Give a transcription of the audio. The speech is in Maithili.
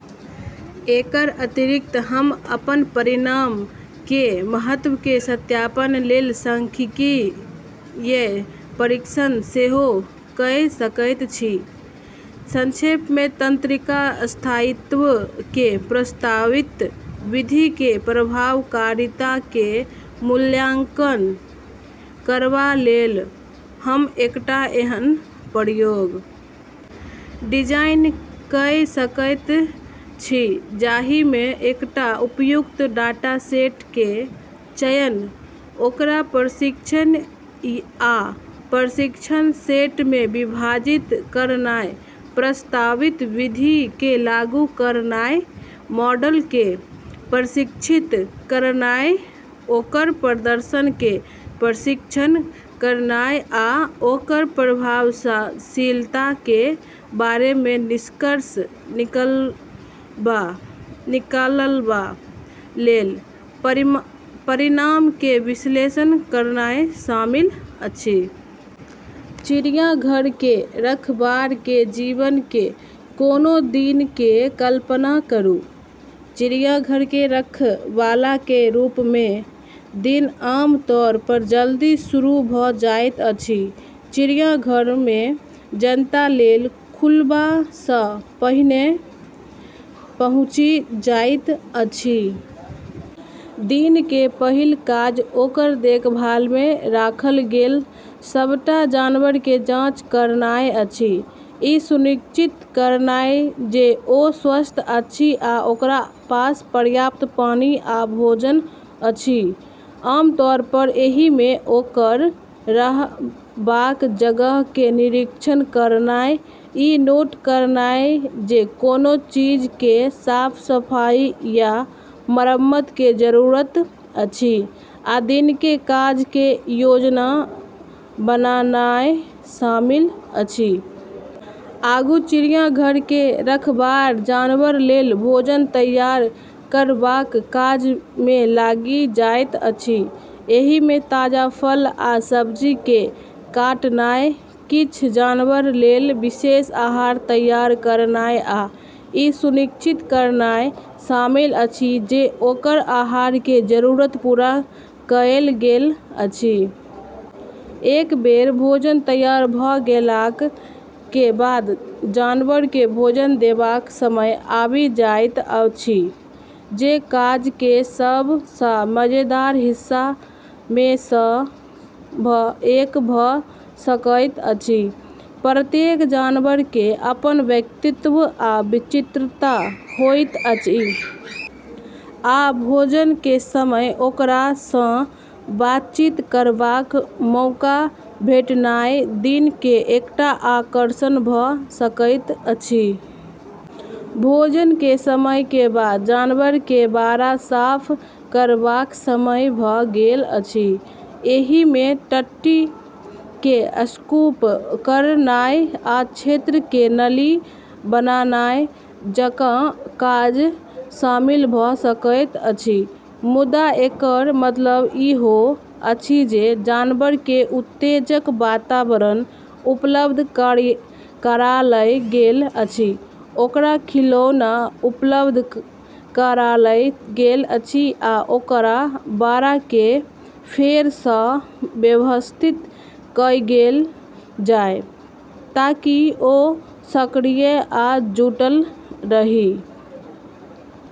एकर अतिरिक्त, हम अपन परिणाम के महत्व के सत्यापन लेल सांख्यिकीय परीक्षण सेहो कए सकैत छी। संक्षेप मे, तंत्रिका स्थायित्व के प्रस्तावित विधि के प्रभावकारिता के मूल्यांकन करबा लेल, हम एकटा एहन प्रयोग डिजाइन कए सकैत छी जाहि मे एकटा उपयुक्त डाटासेट के चयन, ओकरा प्रशिक्षण आ परीक्षण सेट मे विभाजित करनाय, प्रस्तावित विधि के लागू करनाय, मॉडल के प्रशिक्षित करनाय, ओकर प्रदर्शन के परीक्षण करनाय, आ ओकर प्रभावशीलता के बारे मे निष्कर्ष निकालबा लेल परिणाम के विश्लेषण करनाय शामिल अछि। चिड़ियाघर के रखबार के जीवन के कोनो दिन के कल्पना करू। चिड़ियाघर के रखवाला के रूप मे दिन आम तौर पर जल्दी शुरू भ जाइत अछि, चिड़ियाघर मे जनता लेल खुलबा सँ पहिने पहुँचि जाइत अछि। दिन के पहिल काज ओकर देखभाल मे राखल गेल सबटा जानवर के जाँच करनाय अछि, ई सुनिश्चित करनाय जे ओ स्वस्थ अछि आ ओकरा पास पर्याप्त पानी आ भोजन अछि। आम तौर पर एहि मे ओकर रहबाक जगह के निरीक्षण करनाय, ई नोट करनाय जे कोनो चीज के साफ-सफाई या मरम्मत के जरूरत अछि, आ दिन के काज के योजना बनानाय शामिल अछि। आगू चिड़ियाघर के रखवार जानवर लेल भोजन तैयार करबाक काज मे लागि जाइत अछि। एहि मे ताजा फल आ सब्जी के काटनाय, किछ जानवर लेल विशेष आहार तैयार करनाय आ ई सुनिश्चित करनाय शामिल अछि जे ओकर आहार के जरूरत पूरा कएल गेल अछि। एक बेर भोजन तैयार भ गेलाक के बाद जानवर के भोजन देबाक समय आबि जाइत अछि, जे काज के सब सँ मजेदार हिस्सा मे सँ एक भ सकैत अछि। प्रत्येक जानवर के अपन व्यक्तित्व आ विचित्रता होइत अछि, आ भोजन के समय ओकरा सँ बातचीत करबाक मौका भेटनाय दिन के एकटा आकर्षण भ सकैत अछि। भोजन के समय के बाद जानवर के बाड़ा साफ करबाक समय भ गेल अछि। एहि मे टट्टी के स्कूप करनाय आ क्षेत्र के नली बनानाय जकां काज शामिल भ सकैत अछि, मुदा एकर मतलब ईहो अछि जे जानवर के उत्तेजक वातावरण उपलब्ध करायल गेल अछि, ओकरा खिलौना उपलब्ध करायल गेल अछि या ओकर बाड़ा के फेर सँ व्यवस्थित कएल जाए ताकि ओ सक्रिय आ जुटल रहए।